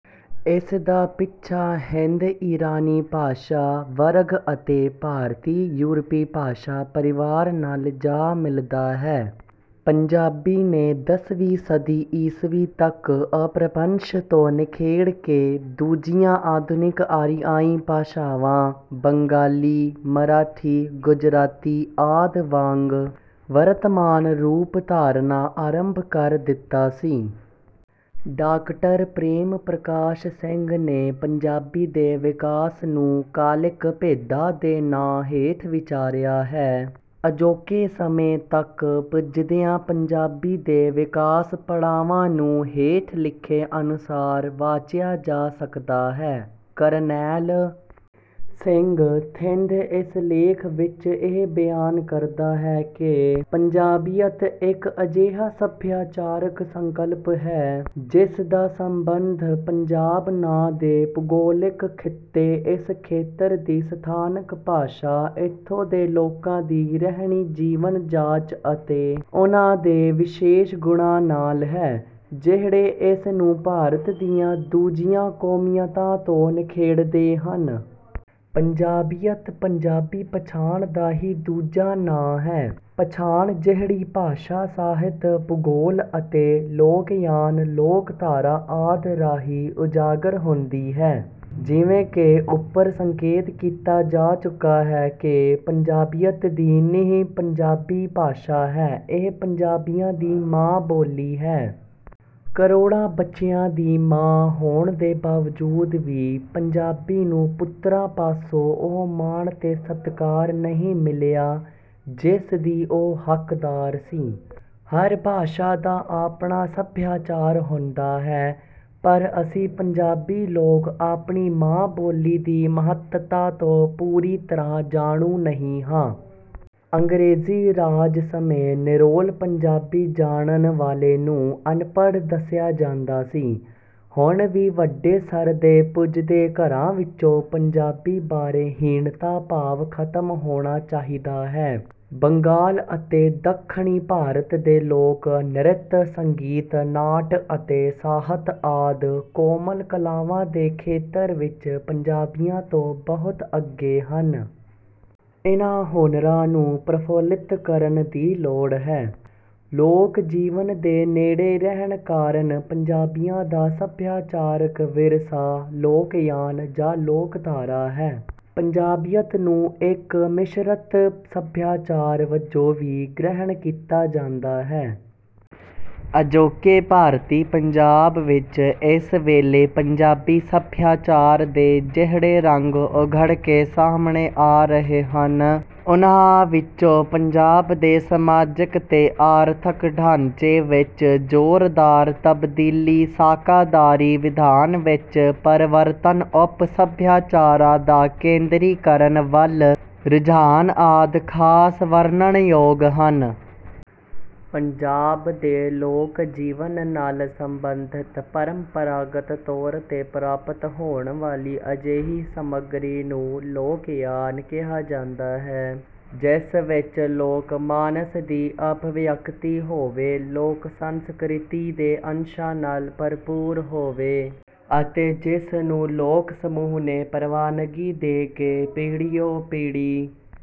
ਇਸ ਦਾ ਪਿੱਛਾ ਹਿੰਦ ਈਰਾਨੀ ਭਾਸ਼ਾ ਵਰਗ ਅਤੇ ਭਾਰਤੀ ਯੂਰਪੀ ਭਾਸ਼ਾ ਪਰਿਵਾਰ ਨਾਲ ਜਾ ਮਿਲਦਾ ਹੈ। ਪੰਜਾਬੀ ਨੇ ਦਸਵੀਂ ਸਦੀ ਈਸਵੀ ਤੱਕ ਅਪਭ੍ਰੰਸ਼ ਤੋਂ ਨਿਖੇੜ ਕੇ ਦੂਜੀਆਂ ਆਧੁਨਿਕ ਆਰੀਆਈ ਭਾਸ਼ਾਵਾਂ ਬੰਗਾਲੀ ਮਰਾਠੀ ਗੁਜਰਾਤੀ ਆਦਿ ਵਾਂਗ ਵਰਤਮਾਨ ਰੂਪ ਧਾਰਨਾ ਆਰੰਭ ਕਰ ਦਿੱਤਾ ਸੀ। ਡਾਕਟਰ ਪ੍ਰੇਮ ਪ੍ਰਕਾਸ਼ ਸਿੰਘ ਨੇ ਪੰਜਾਬੀ ਦੇ ਵਿਕਾਸ ਨੂੰ ਕਾਲਿਕ ਭੇਦਾਂ ਦੇ ਨਾਂ ਹੇਠ ਵਿਚਾਰਿਆ ਹੈ। ਅਜੋਕੇ ਸਮੇਂ ਤੱਕ ਪੁੱਜਦਿਆਂ ਪੰਜਾਬੀ ਦੇ ਵਿਕਾਸ ਪੜਾਵਾਂ ਨੂੰ ਹੇਠ ਲਿਖੇ ਅਨੁਸਾਰ ਵਾਚਿਆ ਜਾ ਸਕਦਾ ਹੈ। ਕਰਨੈਲ ਸਿੰਘ ਥਿੰਦ ਇਸ ਲੇਖ ਵਿੱਚ ਇਹ ਬਿਆਨ ਕਰਦਾ ਹੈ ਕਿ ਪੰਜਾਬੀਅਤ ਇੱਕ ਅਜਿਹਾ ਸੱਭਿਆਚਾਰਕ ਸੰਕਲਪ ਹੈ ਜਿਸ ਦਾ ਸੰਬੰਧ ਪੰਜਾਬ ਨਾਂ ਦੇ ਭੂਗੋਲਿਕ ਖਿੱਤੇ ਇਸ ਖੇਤਰ ਦੀ ਸਥਾਨਕ ਭਾਸ਼ਾ ਇੱਥੋਂ ਦੇ ਲੋਕਾਂ ਦੀ ਰਹਿਣੀ ਜੀਵਨ ਜਾਚ ਅਤੇ ਉਨ੍ਹਾਂ ਦੇ ਵਿਸ਼ੇਸ਼ ਗੁਣਾਂ ਨਾਲ ਹੈ ਜਿਹੜੇ ਇਸ ਨੂੰ ਭਾਰਤ ਦੀਆਂ ਦੂਜੀਆਂ ਕੌਮੀਅਤਾਂ ਤੋਂ ਨਿਖੇੜਦੇ ਹਨ। ਪੰਜਾਬੀਅਤ ਪੰਜਾਬੀ ਪਛਾਣ ਦਾ ਹੀ ਦੂਜਾ ਨਾਂ ਹੈ। ਪਛਾਣ ਜਿਹੜੀ ਭਾਸ਼ਾ ਸਾਹਿਤ ਭੂਗੋਲ ਅਤੇ ਲੋਕਯਾਨ ਲੋਕਧਾਰਾ ਆਦਿ ਰਾਹੀਂ ਉਜਾਗਰ ਹੁੰਦੀ ਹੈ। ਜਿਵੇਂ ਕਿ ਉੱਪਰ ਸੰਕੇਤ ਕੀਤਾ ਜਾ ਚੁੱਕਾ ਹੈ ਕਿ ਪੰਜਾਬੀਅਤ ਦੀ ਨੀਂਹ ਪੰਜਾਬੀ ਭਾਸ਼ਾ ਹੈ ਇਹ ਪੰਜਾਬੀਆਂ ਦੀ ਮਾਂ ਬੋਲੀ ਹੈ। ਕਰੋੜਾਂ ਬੱਚਿਆਂ ਦੀ ਮਾਂ ਹੋਣ ਦੇ ਬਾਵਜੂਦ ਵੀ ਪੰਜਾਬੀ ਨੂੰ ਪੁੱਤਰਾਂ ਪਾਸੋਂ ਉਹ ਮਾਣ ਤੇ ਸਤਿਕਾਰ ਨਹੀਂ ਮਿਲਿਆ ਜਿਸ ਦੀ ਉਹ ਹੱਕਦਾਰ ਸੀ। ਹਰ ਭਾਸ਼ਾ ਦਾ ਆਪਣਾ ਸੱਭਿਆਚਾਰ ਹੁੰਦਾ ਹੈ। ਪਰ ਅਸੀਂ ਪੰਜਾਬੀ ਲੋਕ ਆਪਣੀ ਮਾਂ ਬੋਲੀ ਦੀ ਮਹੱਤਤਾ ਤੋਂ ਪੂਰੀ ਤਰ੍ਹਾਂ ਜਾਣੂ ਨਹੀਂ ਹਾਂ। ਅੰਗਰੇਜ਼ੀ ਰਾਜ ਸਮੇਂ ਨਿਰੋਲ ਪੰਜਾਬੀ ਜਾਣਨ ਵਾਲੇ ਨੂੰ ਅਨਪੜ੍ਹ ਦੱਸਿਆ ਜਾਂਦਾ ਸੀ। ਹੁਣ ਵੀ ਵੱਡੇ ਸਰਦੇ ਪੁਜਦੇ ਘਰਾਂ ਵਿੱਚੋਂ ਪੰਜਾਬੀ ਬਾਰੇ ਹੀਣਤਾ ਭਾਵ ਖਤਮ ਹੋਣਾ ਚਾਹੀਦਾ ਹੈ। ਬੰਗਾਲ ਅਤੇ ਦੱਖਣੀ ਭਾਰਤ ਦੇ ਲੋਕ ਨ੍ਰਿਤ ਸੰਗੀਤ ਨਾਟ ਅਤੇ ਸਾਹਿਤ ਆਦਿ ਕੋਮਲ ਕਲਾਵਾਂ ਦੇ ਖੇਤਰ ਵਿੱਚ ਪੰਜਾਬੀਆਂ ਤੋਂ ਬਹੁਤ ਅੱਗੇ ਹਨ। ਇਨ੍ਹਾਂ ਹੁਨਰਾਂ ਨੂੰ ਪ੍ਰਫੁੱਲਿਤ ਕਰਨ ਦੀ ਲੋੜ ਹੈ। ਲੋਕ ਜੀਵਨ ਦੇ ਨੇੜੇ ਰਹਿਣ ਕਾਰਨ ਪੰਜਾਬੀਆਂ ਦਾ ਸੱਭਿਆਚਾਰਕ ਵਿਰਸਾ ਲੋਕਯਾਨ ਜਾਂ ਲੋਕਧਾਰਾ ਹੈ। ਪੰਜਾਬੀਅਤ ਨੂੰ ਇੱਕ ਮਿਸ਼ਰਿਤ ਸੱਭਿਆਚਾਰ ਵਜੋਂ ਵੀ ਗ੍ਰਹਿਣ ਕੀਤਾ ਜਾਂਦਾ ਹੈ। ਅਜੋਕੇ ਭਾਰਤੀ ਪੰਜਾਬ ਵਿੱਚ ਇਸ ਵੇਲੇ ਪੰਜਾਬੀ ਸੱਭਿਆਚਾਰ ਦੇ ਜਿਹੜੇ ਰੰਗ ਉਘੜ ਕੇ ਸਾਹਮਣੇ ਆ ਰਹੇ ਹਨ ਉਨ੍ਹਾਂ ਵਿੱਚੋਂ ਪੰਜਾਬ ਦੇ ਸਮਾਜਕ ਤੇ ਆਰਥਕ ਢਾਂਚੇ ਵਿੱਚ ਜ਼ੋਰਦਾਰ ਤਬਦੀਲੀ ਸਾਕਾਦਾਰੀ ਵਿਧਾਨ ਵਿੱਚ ਪਰਿਵਰਤਨ ਉਪ ਸੱਭਿਆਚਾਰਾਂ ਦਾ ਕੇਂਦਰੀਕਰਨ ਵੱਲ ਰੁਝਾਨ ਆਦਿ ਖਾਸ ਵਰਨਣਯੋਗ ਹਨ। ਪੰਜਾਬ ਦੇ ਲੋਕ ਜੀਵਨ ਨਾਲ ਸੰਬੰਧਿਤ ਪਰੰਪਰਾਗਤ ਤੌਰ ਤੇ ਪ੍ਰਾਪਤ ਹੋਣ ਵਾਲੀ ਅਜਿਹੀ ਸਮੱਗਰੀ ਨੂੰ ਲੋਕਯਾਨ ਕਿਹਾ ਜਾਂਦਾ ਹੈ ਜਿਸ ਵਿੱਚ ਲੋਕ ਮਾਨਸ ਦੀ ਅਭਿਵਿਅਕਤੀ ਹੋਵੇ ਲੋਕ ਸੰਸਕ੍ਰਿਤੀ ਦੇ ਅੰਸ਼ਾਂ ਨਾਲ ਭਰਪੂਰ ਹੋਵੇ ਅਤੇ ਜਿਸ ਨੂੰ ਲੋਕ ਸਮੂਹ ਨੇ ਪ੍ਰਵਾਨਗੀ ਦੇ ਕੇ ਪੀੜ੍ਹੀਓ ਪੀੜ੍ਹੀ